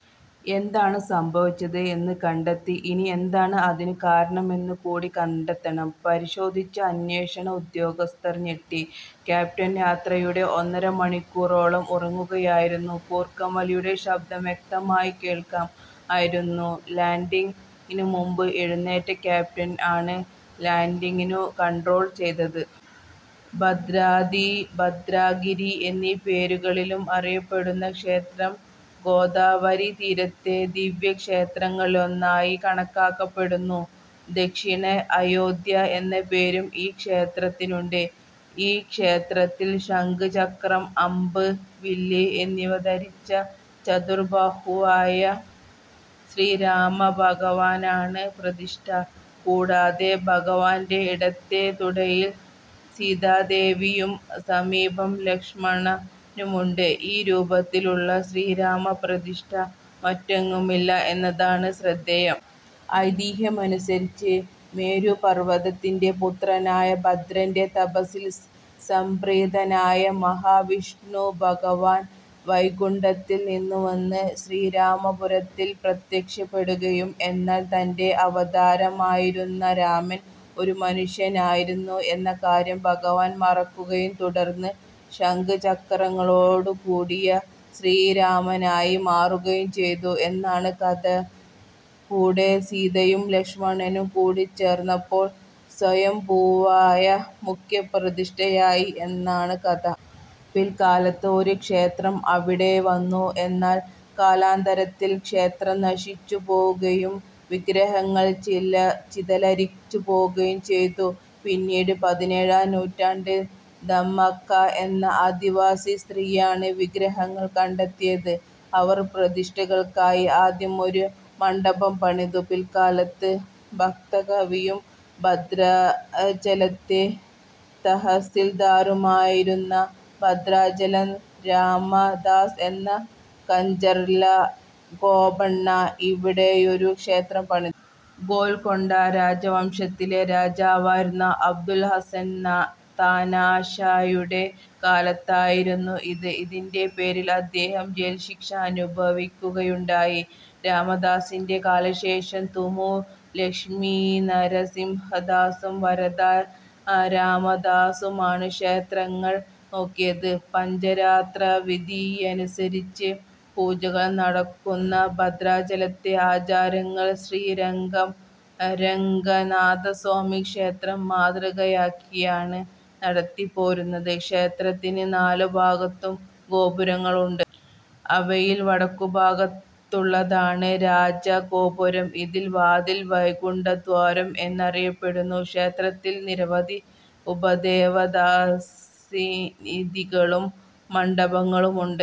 എന്താണ് സംഭവിച്ചത് എന്ന് കണ്ടെത്തി ഇനി എന്താണ് അതിനു കാരണം എന്ന് കൂടി കണ്ടെത്തണം പരിശോധിച്ച അന്വേഷണ ഉദ്യോഗസ്ഥർ ഞെട്ടി. ക്യാപ്റ്റൻ യാത്രയുടെ ഒന്നര മണിക്കൂർ ഓളം ഉറങ്ങുകയായിരുന്നു!!!! കൂർക്കം വലിയുടെ ശബ്ദം വ്യക്തമായി കേൾക്കാം ആയിരുന്നു. ലാണ്ടിംഗ് നു മുൻപ് എഴുനേറ്റ ക്യാപ്റ്റൻ ആണ് ലാണ്ടിങ്ങു കണ്ട്രോൾ ചെയ്തത്. ഭദ്രാദ്രി, ഭദ്രഗിരി എന്നീ പേരുകളിലും അറിയപ്പെടുന്ന ക്ഷേത്രം ഗോദാവരീതീരത്തെ ദിവ്യക്ഷേത്രങ്ങളിലൊന്നായി കണക്കാക്കപ്പെടുന്നു. 'ദക്ഷിണ അയോദ്ധ്യ' എന്ന പേരും ഈ ക്ഷേത്രത്തിനുണ്ട്. ഈ ക്ഷേത്രത്തിൽ ശംഖ്, ചക്രം, അമ്പ്, വില്ല് എന്നിവ ധരിച്ച ചതുർബാഹുവായ ശ്രീരാമഭഗവാനാണ് പ്രതിഷ്ഠ. കൂടാതെ, ഭഗവാന്റെ ഇടത്തേ തുടയിൽ സീതാദേവിയും സമീപം ലക്ഷ്മണനുമുണ്ട്. ഈ രൂപത്തിലുള്ള ശ്രീരാമപ്രതിഷ്ഠ മറ്റെങ്ങുമില്ല എന്നതാണ് ശ്രദ്ധേയം. ഐതിഹ്യമനുസരിച്ച്, മേരുപർവ്വതത്തിന്റെ പുത്രനായ ഭദ്രന്റെ തപസ്സിൽ സംപ്രീതനായ മഹാവിഷ്ണുഭഗവാൻ വൈകുണ്ഠത്തിൽ നിന്നുവന്ന് ശ്രീരാമരൂപത്തിൽ പ്രത്യക്ഷപ്പെടുകയും, എന്നാൽ, തന്റെ അവതാരമായിരുന്ന രാമൻ ഒരു മനുഷ്യനായിരുന്നു എന്ന കാര്യം ഭഗവാൻ മറക്കുകയും തുടർന്ന്, ശംഖ്-ചക്രങ്ങളോടുകൂടിയ ശ്രീരാമനായി മാറുകയും ചെയ്തു എന്നാണ് കഥ. കൂടെ, സീതയും ലക്ഷ്മണനും കൂടിച്ചേർന്നപ്പോൾ സ്വയംഭൂവായ മുഖ്യപ്രതിഷ്ഠയായി എന്നാണ് കഥ. പിൽക്കാലത്ത് ഒരു ക്ഷേത്രം അവിടെ വന്നു. എന്നാൽ, കാലാന്തരത്തിൽ ക്ഷേത്രം നശിച്ചുപോകുകയും വിഗ്രഹങ്ങൾ ചിതലരിച്ചുപോകുകയും ചെയ്തു. പിന്നീട്, പതിനേഴാം നൂറ്റാണ്ടിൽ ദമ്മക്ക എന്ന ആദിവാസി സ്ത്രീയാണ് വിഗ്രഹങ്ങൾ കണ്ടെത്തിയത്. അവർ പ്രതിഷ്ഠകൾക്കായി ആദ്യം ഒരു മണ്ഡപം പണിതു. പിൽക്കാലത്ത്, ഭക്തകവിയും ഭദ്രാചലത്തെ തഹസിൽദാരുമായിരുന്ന ഭദ്രാചലം രാമദാസ് എന്ന കഞ്ചർല ഗോപണ്ണ ഇവിടെയൊരു ക്ഷേത്രം പണിതു. ഗോൽക്കൊണ്ട രാജവംശത്തിലെ രാജാവായിരുന്ന അബുൽ ഹസൻ താനാഷായുടെ കാലത്തായിരുന്നു ഇത്. ഇതിന്റെ പേരിൽ അദ്ദേഹം ജയിൽ ശിക്ഷ അനുഭവിയ്ക്കുകയുണ്ടായി. രാമദാസിന്റെ കാലശേഷം, തുമു ലക്ഷ്മീനരസിംഹദാസും വരദ രാമദാസുമാണ് ക്ഷേത്രകാര്യങ്ങൾ നോക്കിയത്. പഞ്ചരാത്രവിധിയനുസരിച്ച് പൂജകൾ നടക്കുന്ന ഭദ്രാചലത്തെ ആചാരങ്ങൾ, ശ്രീരംഗം രംഗനാഥസ്വാമിക്ഷേത്രം മാതൃകയാക്കിയാണ് നടത്തിപ്പോരുന്നത്. ക്ഷേത്രത്തിന് നാലുഭാഗത്തും ഗോപുരങ്ങളുണ്ട്. അവയിൽ, വടക്കുഭാഗത്തുള്ളതാണ് രാജഗോപുരം. ഇതിലെ വാതിൽ, 'വൈകുണ്ഠദ്വാരം' എന്നറിയപ്പെടുന്നു. ക്ഷേത്രത്തിൽ, നിരവധി ഉപദേവതാസന്നിധികളും മണ്ഡപങ്ങളുമുണ്ട്.